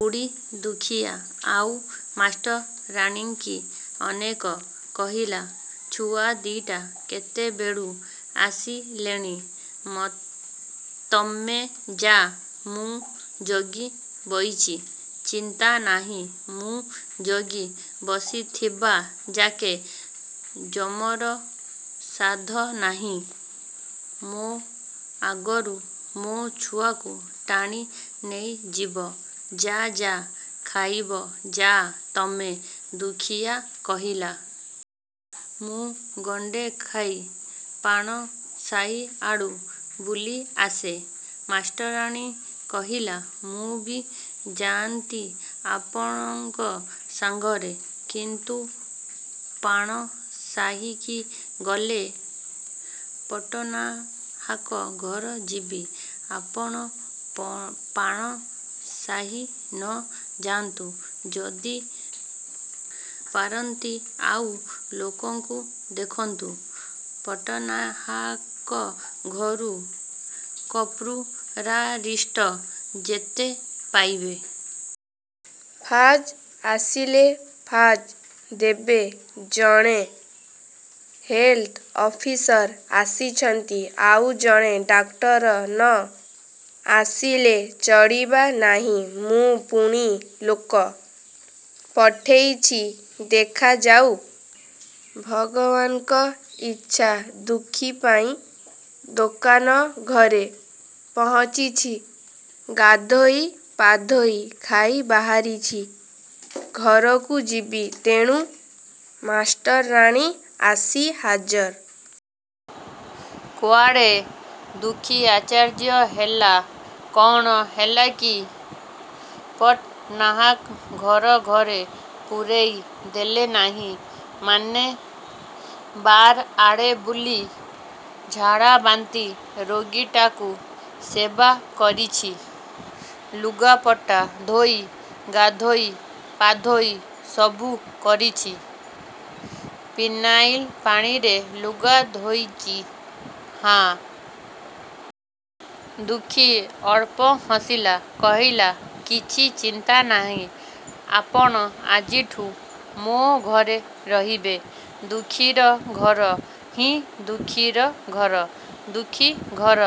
ବୁଢ଼ୀ ଦୁଃଖୀଆ ଆଉ ମାଷ୍ଟରାଣୀଙ୍କି ଅନେକ କହିଲା–ଛୁଆ ଦି'ଟା କେତେବେଳୁ ଆସିଲେଣି–ତମେ ଯା–ମୁଁ ଜଗି ବଇଚି। ଚିନ୍ତା ନାହିଁ। ମୁଁ ଜଗି ବସିଥିବାଯାକେ ଯମର ସାଧ୍ୟ ନାହିଁ ମୋ ଆଗରୁ ମୋ ଛୁଆକୁ ଟାଣି ନେଇଯିବ। ଯା–ଯା–ଖାଇବ ଯା ତମେ! ଦୁଃଖୀଆ କହିଲା–''ହଉ ମାଉସୀ, ତୁ ଥା। ମୁଁ ଗଣ୍ଡେ ଖାଇ, ପାଣ ସାହି ଆଡ଼ୁ, ବୁଲି ଆସେ। '' ମାଷ୍ଟରାଣୀ କହିଲା–''ମୁଁ ବି ଯାଆନ୍ତି ଆପଣଙ୍କ ସାଙ୍ଗରେ। କିନ୍ତୁ ପାଣ ସାହି କି ଗଲେ। ପଟ୍ଟନାହାକ ଘର ଯଦି–'' ''ଆପଣ ପାଣ ସାହି ନ ଯାନ୍ତୁ–ଯଦି ପାରନ୍ତି ଆଉ ଲୋକଙ୍କୁ ଦେଖନ୍ତୁ। ପଟ୍ଟନାହାକ ଘରୁ କର୍ପୂରାରିଷ୍ଟ ଯେତେ ପାଇବେ ଆଣନ୍ତୁ। ଫାଜ୍ ଆସିଲେ ଫାଜ୍ ଦେବେ। ଜଣେ ହେଲ୍ଥ ଅଫିସର ଆସିଛନ୍ତି। ଆଉ ଜଣେ ଡାକ୍ତର ନ ଆସିଲେ ଚଳିବ ନାହିଁ। ମୁଁ ପୁଣି ଲୋକ ପଠେଇଛି। ଦେଖାଯାଉ–ଭଗବାନ୍ଙ୍କ ଇଚ୍ଛା। '' ଦୁଃଖୀ ଯାଇଁ ଦୋକାନ ଘରେ ପହଞ୍ଚିଛି। ଗାଧୋଇ ପାଧୋଇ ଖାଇ ବାହାରିଛି–ଘରକୁ ଯିବ। ତେଣୁ ମାଷ୍ଟରାଣୀ ଆସି ହାଜର। ''କୁଆଡ଼େ? '' ଦୁଃଖୀ ଆଶ୍ଚର୍ଯ୍ୟ ହେଲା–କ'ଣ ହେଲା କି? ''ପଟ୍ଟନାହାକ ଘର ଘରେ ପୂରେଇ ଦେଲେ ନାହିଁ। '' ''ମାନେ? '' ''ବାର ଆଡ଼େ ବୁଲି ଝାଡ଼ାବାନ୍ତି ରୋଗୀଟାକୁ ସେବା କରିଛି। '' ''ଲୁଗାପଟା ଧୋଇ ଗାଧୋଇ ପାଧେଇ–'' ''ସବୁ କରିଛି। ପିନାଇଲ ପାଣିରେ ଲୁଗା ଧୋଇଚି–ହାତଗୋଡ଼ବି ଧୋଇଚି। '' ଦୁଃଖୀ ଅଳ୍ପ ହସିଲା। କହିଲା–''କିଛି ଚିନ୍ତା ନାହିଁ–ଆପଣ ଆଜିଠୁ ମୋ ଘରେ ରହିବେ-। '' ଦୁଃଖୀର ଘର? ହଁ ଦୁଃଖୀର ଘର। ଦୁଃଖୀ ଘର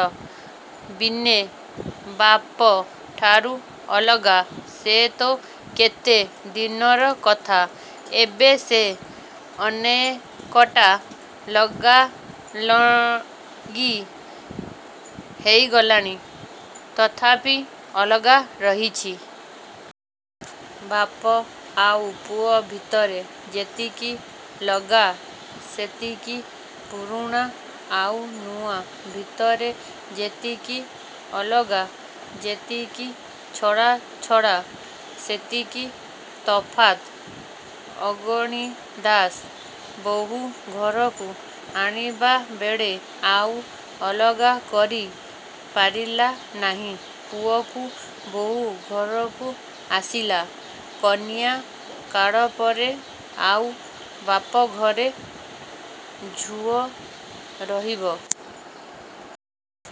ଭିନେ–ବାପ ଠାରୁ ଅଲଗା। ସେ ତ କେତେ ଦିନର କଥା। ଏବେ ସେ ଅନେକଟା ଲଗାଲଗି ହେଇଗଲେଣି। ତଥାପି ଅଲଗା ରହିଛି। ବାପ ଆଉ ପୁଅ ଭିତରେ ଯେତିକି ଲଗା ସେତିକି। ପୁରୁଣା ଆଉ ନୂଆ ଭିତରେ ଯେତିକି ଅଲଗା, ଯେତିକି ଛଡ଼ାଛଡ଼ା ସେତିକି ତଫାତ। ଅଗଣିଦାଶ ବହୂ ଘରକୁ ଆଣିବାବେଳେ ଆଉ ଅଲଗା କରି ପାରିଲା ନାହିଁ ପୁଅକୁ। ବହୂ ଘରକୁ ଆସିଲା। କନ୍ୟା କାଳପରେ ଆଉ ବାପଘରେ ଝୁଅ ରହିବା ପାପ।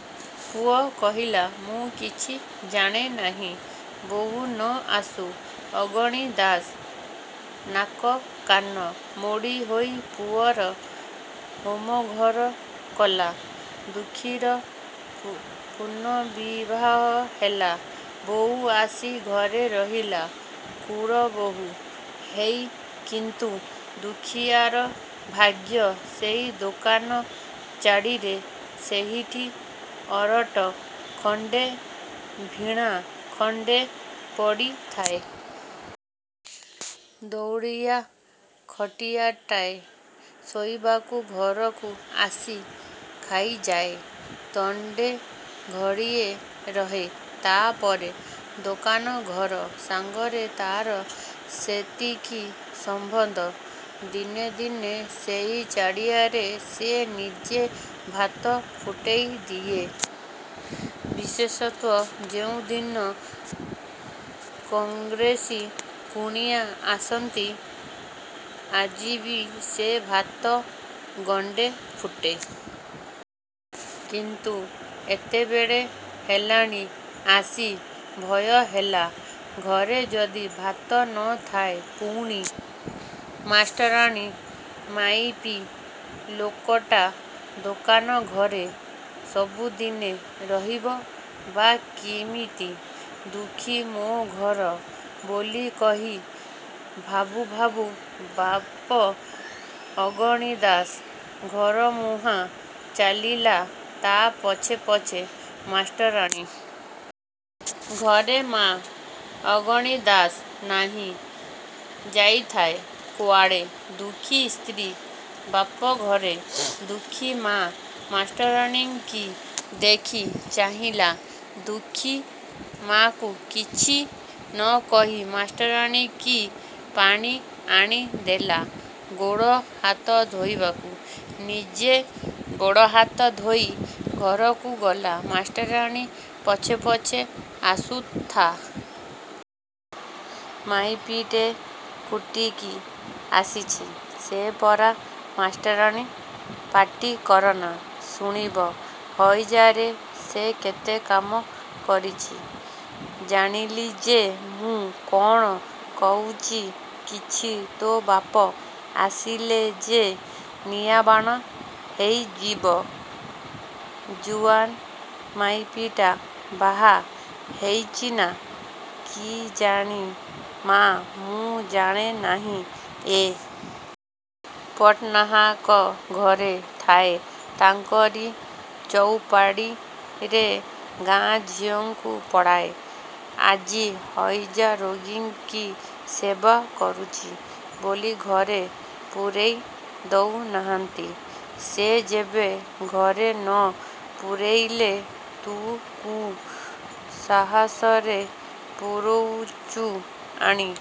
ପୁଅ କହିଲା, ମୁଁ କିଛି ଜାଣେ ନାହିଁ। ବହୂ ନ ଆସୁ। ଅଗଣିଦାସ ନାକକାନ ମୋଡ଼ି ହୋଇ ପୁଅର ହୋମଘର କଲା-। ଦୁଃଖୀର ପୁନର୍ବିବାହ ହେଲା। ବହୂ ଆସି ଘରେ ରହିଲା–କୁଳବହୂ ହେଇ। କିନ୍ତୁ ଦୁଃଖୀଆର ଭାଗ୍ୟ ସେଇ ଦୋକାନ ଚାଳିରେ। ସେଇଠି ଅରଟ ଖଣ୍ଡେ, ଭିଣା ଖଣ୍ଡେ ପଡ଼ିଥାଏ। ଦଉଡ଼ିଆ ଖଟିଆଟାଏ ଶୋଇବାକୁ। ଘରକୁ ଆସି ଖାଇଯାଏ। ଦଣ୍ଡେ ଘଡ଼ିଏ ରହେ। ତା'ପରେ ଦୋକାନ-। ଘର ସାଙ୍ଗରେ ତା'ର ସେତିକି ସମ୍ବନ୍ଧ। ଦିନେ ଦିନେ ସେଇ ଚାଳିରେ ସେ ନିଜେ ଭାତ ଫୁଟେଇ ଦିଏ, ବିଶେଷତଃ ଯେଉଁଦିନ କଂଗ୍ରେସୀ କୁଣିଆ ଆସନ୍ତି। ଆଜିବି ସେ ଭାତ ଗଣ୍ଡେ ଫୁଟେଇ ଦେଇ ପାରିଥାନ୍ତା–ଆଳୁ ଦିଟା ପକେଇ। କିନ୍ତୁ ଏତେବେଳ ହେଲାଣି ଆସି। ଭୟ ହେଲା, ଘରେ ଯଦି ଭାତ ନଥାଏ। ପୁଣି ମାଷ୍ଟରାଣୀ–ମାଇପି ଲୋକଟା–ଦୋକାନ ଘରେ ସବୁଦିନେ ରହିବ ବା କିମିତି? ଦୁଃଖୀ 'ମୋ ଘର' ବୋଲି କହି, ଭାବୁ ଭାବୁ ବାପ ଅଗଣି ଦାଶ ଘରମୁହାଁ ଚାଲିଲା। ତା' ପଛେ ପଛେ ମାଷ୍ଟରାଣୀ। ଘରେ ମା। ଅଗଣି ଦାଶ ନାହିଁ–ଯାଇଥାଏ କୁଆଡ଼େ। ଦୁଃଖୀ ସ୍ତ୍ରୀ ବାପଘରେ। ଦୁଃଖୀ ମା ମାଷ୍ଟରାଣୀକି ଦେଖି ଚାହିଁଲା। ଦୁଃଖୀ ମାକୁ କିଛି ନ କହି ମାଷ୍ଟରାଣୀକି ପାଣି ଆଣିଦେଲା ଗୋଡ଼ ହାତ ଧୋଇବାକୁ। ନିଜେ ଗୋଡ଼ହାତ ଧୋଇ ଘରକୁ ଗଲା। ମାଷ୍ଟରାଣୀ ପଛେ ପଛେ ଆସୁଥାଏ–ସଙ୍କୋଚରେ, ଦୁଃଖୀ ମା ଫୁସ ଫୁସ ହେଇ ପଚାରିଲା–''ସେ କିଏ କିରେ? ମାଇପିଟେ–କୁଠିକି ଆସିଛି? '' ''ସେ ପରା ମାଷ୍ଟରାଣୀ। ପାଟି କରନା। ଶୁଣିବ। ହଇଜାରେ ସେ କେତେ କାମ କରୁଚି। '' ''ଜାଣିଲି ଯେ। ମୁଁ କ'ଣ କହୁଛି କିଛି? ତୋ ବାପ ଆସିଲେ ଯେ ନିଆଁବାଣ ହେଇଯିବ-। ଜୁଆନ୍ ମାଇପିଟା–ବାହା ହେଇଚିନା? '' ''କିଜାଣି ମା, ମୁଁ ଜାଣେ ନାହିଁ ଏତେ କଥା। ପଟ୍ଟନାହାକ ଘରେ ଥାଏ। ତାଙ୍କରି ଚଉପାଢ଼ିରେ ଗାଁ ଝିଅଙ୍କୁ ପଢ଼ାଏ। ଆଜି ହଇଜାରୋଗୀଙ୍କି ସେବା କରୁଚି ବୋଲି ଘରେ ପୂରେଇ ଦଉ ନାହାନ୍ତି। '' ''ସେ ଯେବେ ଘରେ ନ ପୂରେଇଲେ, ତୁ କୁ ସାହସରେ ପୂରୋଉଚୁ ଆଣି?